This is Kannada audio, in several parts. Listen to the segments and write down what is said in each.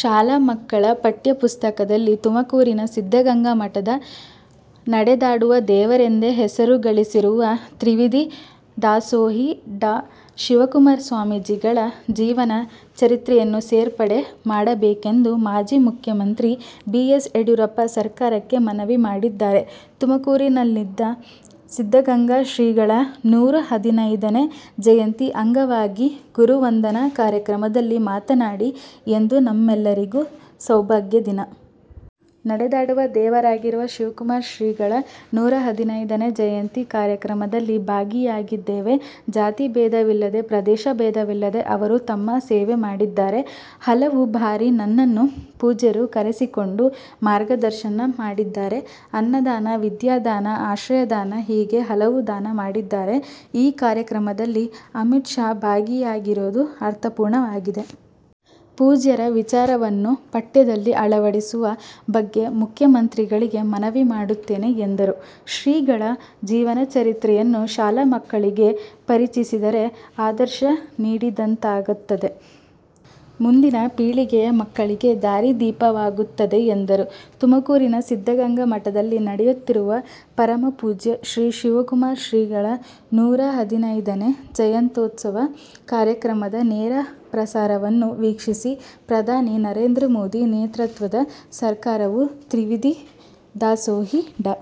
ಶಾಲಾ ಮಕ್ಕಳ ಪಠ್ಯಪುಸ್ತಕದಲ್ಲಿ ತುಮಕೂರಿನ ಸಿದ್ದಗಂಗಾ ಮಠದ ನಡೆದಾಡುವ ದೇವರೆಂದೇ ಹೆಸರು ಗಳಿಸಿರುವ ತ್ರಿವಿಧ ದಾಸೋಹಿ ಡಾ ಶಿವಕುಮಾರ ಸ್ವಾಮೀಜಿಗಳ ಜೀವನ ಚರಿತ್ರೆಯನ್ನು ಸೇರ್ಪಡೆ ಮಾಡಬೇಕೆಂದು ಮಾಜಿ ಮುಖ್ಯಮಂತ್ರಿ ಬಿ ಎಸ್ ಯಡಿಯೂರಪ್ಪ ಸರ್ಕಾರಕ್ಕೆ ಮನವಿ ಮಾಡಿದ್ದಾರೆ. ತುಮಕೂರಿನಲ್ಲಿಂದು ಸಿದ್ದಗಂಗಾ ಶ್ರೀಗಳ ನೂರಾ ಹದಿನೈದನೇ ಜಯಂತಿ ಅಂಗವಾಗಿ ಗುರುವಂದನಾ ಕಾರ್ಯಕ್ರಮದಲ್ಲಿ ಮಾತನಾಡಿ, ಇಂದು ನಮ್ಮೆಲ್ಲರಿಗೂ ಸೌಭಾಗ್ಯ ದಿನ. ನಡೆದಾಡುವ ದೇವರಾಗಿರುವ ಶಿವಕುಮಾರ ಶ್ರೀಗಳ ನೂರಾ ಹದಿನೈದನೇ ಜಯಂತಿ ಕಾರ್ಯಕ್ರಮದಲ್ಲಿ ಭಾಗಿಯಾಗಿದ್ದೇವೆ. ಜಾತಿ ಭೇದವಿಲ್ಲದೆ ಪ್ರದೇಶ ಭೇದವಿಲ್ಲದೆ ಅವರು ತಮ್ಮ ಸೇವೆ ಮಾಡಿದ್ದಾರೆ. ಹಲವು ಬಾರಿ ನನ್ನನ್ನು ಪೂಜ್ಯರು ಕರೆಸಿಕೊಂಡು ಮಾರ್ಗದರ್ಶನ ಮಾಡಿದ್ದಾರೆ. ಅನ್ನದಾನ ವಿದ್ಯಾದಾನ, ಆಶ್ರಯದಾನ ಹೀಗೆ ಹಲವು ದಾನ ಮಾಡಿದ್ದಾರೆ. ಈ ಕಾರ್ಯಕ್ರಮದಲ್ಲಿ ಅಮಿತ್ ಶಾ ಭಾಗಿಯಾಗಿರೋದು ಅರ್ಥಪೂರ್ಣವಾಗಿದೆ. ಪೂಜ್ಯರ ವಿಚಾರವನ್ನು ಪಠ್ಯದಲ್ಲಿ ಅಳವಡಿಸುವ ಬಗ್ಗೆ ಮುಖ್ಯ ಮಂತ್ರಿಗಳಿಗೆ ಮನವಿ ಮಾಡುತ್ತೇನೆ ಎಂದರು. ಶ್ರೀಗಳ ಜೀವನ ಚರಿತ್ರೆಯನ್ನು ಶಾಲಾ ಮಕ್ಕಳಿಗೆ ಪರಿಚಯಿಸಿದರೆ ಆದರ್ಶ ನೀಡಿದಂತಾಗುತ್ತದೆ, ಮುಂದಿನ ಪೀಳಿಗೆಯ ಮಕ್ಕಳಿಗೆ ದಾರಿದೀಪವಾಗುತ್ತದೆ ಎಂದರು. ತುಮಕೂರಿನ ಸಿದ್ದಗಂಗಾ ಮಠದಲ್ಲಿ ನಡೆಯುತ್ತಿರುವ ಪರಮಪೂಜ್ಯ ಶ್ರೀ ಶಿವಕುಮಾರ ಶ್ರೀಗಳ ನೂರಾ ಹದಿನೈದನೇ ಜಯಂತೋತ್ಸವ ಕಾರ್ಯಕ್ರಮದ ನೇರ ಪ್ರಸಾರವನ್ನು ವೀಕ್ಷಿಸಿ, ಪ್ರಧಾನಿ ನರೇಂದ್ರ ಮೋದಿ ನೇತೃತ್ವದ ಸರ್ಕಾರವು ತ್ರಿವಿಧ ದಾಸೋಹಿ ಡಾ.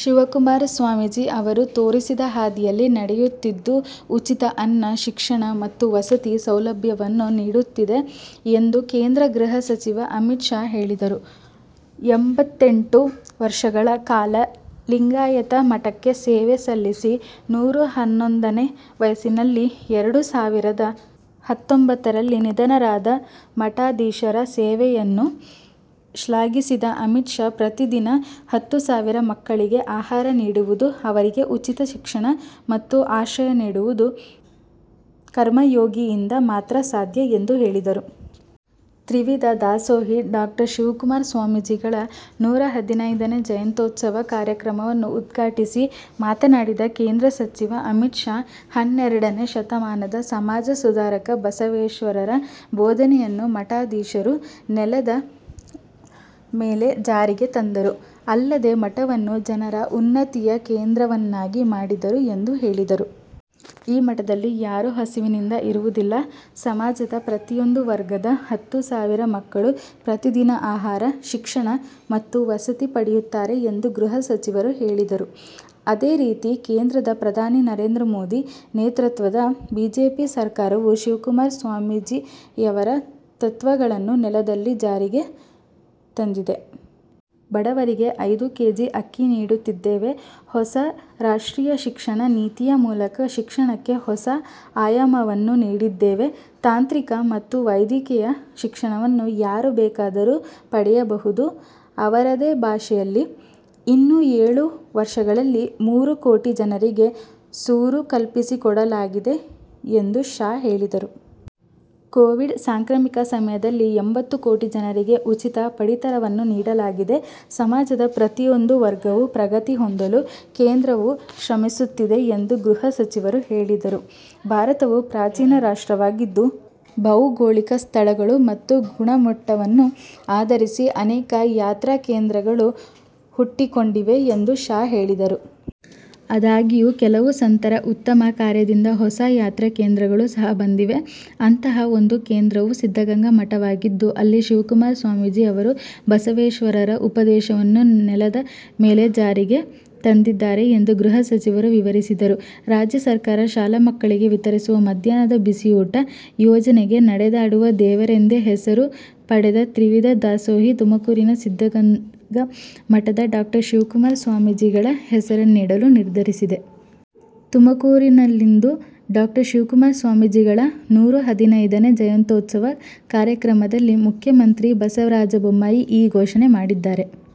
ಶಿವಕುಮಾರ ಸ್ವಾಮೀಜಿ ಅವರು ತೋರಿಸಿದ ಹಾದಿಯಲ್ಲಿ ನಡೆಯುತ್ತಿದ್ದು, ಉಚಿತ ಅನ್ನ, ಶಿಕ್ಷಣ ಮತ್ತು ವಸತಿ ಸೌಲಭ್ಯವನ್ನು ನೀಡುತ್ತಿದೆ ಎಂದು ಕೇಂದ್ರ ಗೃಹ ಸಚಿವ ಅಮಿತ್ ಶಾ ಹೇಳಿದರು. ಎಂಬತ್ತೆಂಟು ವರ್ಷಗಳ ಕಾಲ ಲಿಂಗಾಯತ ಮಠಕ್ಕೆ ಸೇವೆ ಸಲ್ಲಿಸಿ ನೂರಾ ಹನ್ನೊಂದನೇ ವಯಸ್ಸಿನಲ್ಲಿ ಎರಡು ಸಾವಿರದ ಹತ್ತೊಂಬತ್ತರಲ್ಲಿ ನಿಧನರಾದ ಮಠಾಧೀಶರ ಸೇವೆಯನ್ನು ಶ್ಲಾಘಿಸಿದ ಅಮಿತ್ ಶಾ, ಪ್ರತಿದಿನ ಹತ್ತು ಸಾವಿರ ಮಕ್ಕಳಿಗೆ ಆಹಾರ ನೀಡುವುದು, ಅವರಿಗೆ ಉಚಿತ ಶಿಕ್ಷಣ ಮತ್ತು ಆಶ್ರಯ ನೀಡುವುದು 'ಕರ್ಮಯೋಗಿ'ಯಿಂದ ಮಾತ್ರ ಸಾಧ್ಯ ಎಂದು ಹೇಳಿದರು. ತ್ರಿವಿಧ ದಾಸೋಹಿ ಡಾ. ಶಿವಕುಮಾರ ಸ್ವಾಮೀಜಿಗಳ ನೂರಾ ಹದಿನೈದನೇ ಜಯಂತ್ಯೋತ್ಸವ ಕಾರ್ಯಕ್ರಮವನ್ನು ಉದ್ಘಾಟಿಸಿ ಮಾತನಾಡಿದ ಕೇಂದ್ರ ಸಚಿವ ಅಮಿತ್ ಶಾ, ಹನ್ನೆರಡನೇ ಶತಮಾನದ ಸಮಾಜ ಸುಧಾರಕ ಬಸವೇಶ್ವರರ ಬೋಧನೆಯನ್ನು ಮಠಾಧೀಶರು ನೆಲದ ಮೇಲೆ ಜಾರಿಗೆ ತಂದರು. ಅಲ್ಲದೆ ಮಠವನ್ನು ಜನರ ಉನ್ನತಿಯ ಕೇಂದ್ರವನ್ನಾಗಿ ಮಾಡಿದರು ಎಂದು ಹೇಳಿದರು. 'ಈ ಮಠದಲ್ಲಿ ಯಾರೂ ಹಸಿವಿನಿಂದ ಇರುವುದಿಲ್ಲ. ಸಮಾಜದ ಪ್ರತಿಯೊಂದು ವರ್ಗದ ಹತ್ತು ಸಾವಿರ ಮಕ್ಕಳು ಪ್ರತಿದಿನ ಆಹಾರ, ಶಿಕ್ಷಣ ಮತ್ತು ವಸತಿ ಪಡೆಯುತ್ತಾರೆ ಎಂದು ಗೃಹ ಸಚಿವರು ಹೇಳಿದರು. ಅದೇ ರೀತಿ ಕೇಂದ್ರದ ಪ್ರಧಾನಿ ನರೇಂದ್ರ ಮೋದಿ ನೇತೃತ್ವದ ಬಿಜೆಪಿ ಸರಕಾರವು ಶಿವಕುಮಾರ ಸ್ವಾಮೀಜಿಯವರ ತತ್ವಗಳನ್ನು ನೆಲದಲ್ಲಿ ಜಾರಿಗೆ ತಂದಿದೆ. ಬಡವರಿಗೆ ಐದು ಕೆಜಿ ಅಕ್ಕಿ ನೀಡುತ್ತಿದ್ದೇವೆ. ಹೊಸ ರಾಷ್ಟ್ರೀಯ ಶಿಕ್ಷಣ ನೀತಿಯ ಮೂಲಕ ಶಿಕ್ಷಣಕ್ಕೆ ಹೊಸ ಆಯಾಮವನ್ನು ನೀಡಿದ್ದೇವೆ. ತಾಂತ್ರಿಕ ಮತ್ತು ವೈದ್ಯಕೀಯ ಶಿಕ್ಷಣವನ್ನು ಯಾರು ಬೇಕಾದರೂ ಪಡೆಯಬಹುದು. ಅವರದೇ ಭಾಷೆಯಲ್ಲಿ. ಇನ್ನು ಏಳು ವರ್ಷಗಳಲ್ಲಿ ಮೂರು ಕೋಟಿ ಜನರಿಗೆ ಸೂರು ಕಲ್ಪಿಸಿಕೊಡಲಾಗಿದೆ ಎಂದು ಶಾ ಹೇಳಿದರು. ಕೋವಿಡ್ ಸಾಂಕ್ರಾಮಿಕ ಸಮಯದಲ್ಲಿ, ಎಂಬತ್ತು ಕೋಟಿ ಜನರಿಗೆ ಉಚಿತ ಪಡಿತರವನ್ನು ನೀಡಲಾಗಿದೆ. ಸಮಾಜದ ಪ್ರತಿಯೊಂದು ವರ್ಗವೂ ಪ್ರಗತಿ ಹೊಂದಲು ಕೇಂದ್ರವು ಶ್ರಮಿಸುತ್ತಿದೆ ಎಂದು ಗೃಹ ಸಚಿವರು ಹೇಳಿದರು. ಭಾರತವು ಪ್ರಾಚೀನ ರಾಷ್ಟ್ರವಾಗಿದ್ದು, ಭೌಗೋಳಿಕ ಸ್ಥಳಗಳು ಮತ್ತು ಗುಣಮಟ್ಟವನ್ನು ಆಧರಿಸಿ ಅನೇಕ ಯಾತ್ರಾ ಕೇಂದ್ರಗಳು ಹುಟ್ಟಿಕೊಂಡಿವೆ ಎಂದು ಶಾ ಹೇಳಿದರು. ಆದಾಗ್ಯೂ, ಕೆಲವು ಸಂತರ ಉತ್ತಮ ಕಾರ್ಯದಿಂದ ಹೊಸ ಯಾತ್ರಾ ಕೇಂದ್ರಗಳು ಸಹ ಬಂದಿವೆ. ಅಂತಹ ಒಂದು ಕೇಂದ್ರವು ಸಿದ್ದಗಂಗಾ ಮಠವಾಗಿದ್ದು, ಅಲ್ಲಿ ಶಿವಕುಮಾರ ಸ್ವಾಮೀಜಿ ಅವರು ಬಸವೇಶ್ವರರ ಉಪದೇಶವನ್ನು ನೆಲದ ಮೇಲೆ ಜಾರಿಗೆ ತಂದಿದ್ದಾರೆ ಎಂದು ಗೃಹ ಸಚಿವರು ವಿವರಿಸಿದರು. ರಾಜ್ಯ ಸರ್ಕಾರ ಶಾಲಾ ಮಕ್ಕಳಿಗೆ ವಿತರಿಸುವ ಮಧ್ಯಾಹ್ನದ ಬಿಸಿಯೂಟ ಯೋಜನೆಗೆ ನಡೆದಾಡುವ ದೇವರೆಂದೇ ಹೆಸರು ಪಡೆದ ತ್ರಿವಿಧ ದಾಸೋಹಿ ತುಮಕೂರಿನ ಸಿದ್ದಗಂಗಾ ಮಠದ ಡಾ ಶಿವಕುಮಾರ ಸ್ವಾಮೀಜಿಗಳ ಹೆಸರನ್ನಿಡಲು ನಿರ್ಧರಿಸಿದೆ. ತುಮಕೂರಿನಲ್ಲಿಂದು ಡಾ ಶಿವಕುಮಾರ ಸ್ವಾಮೀಜಿಗಳ ನೂರಾ ಹದಿನೈದನೇ ಜಯಂತ್ಯೋತ್ಸವ ಕಾರ್ಯಕ್ರಮದಲ್ಲಿ ಮುಖ್ಯಮಂತ್ರಿ ಬಸವರಾಜ ಬೊಮ್ಮಾಯಿ ಈ ಘೋಷಣೆ ಮಾಡಿದ್ದಾರೆ.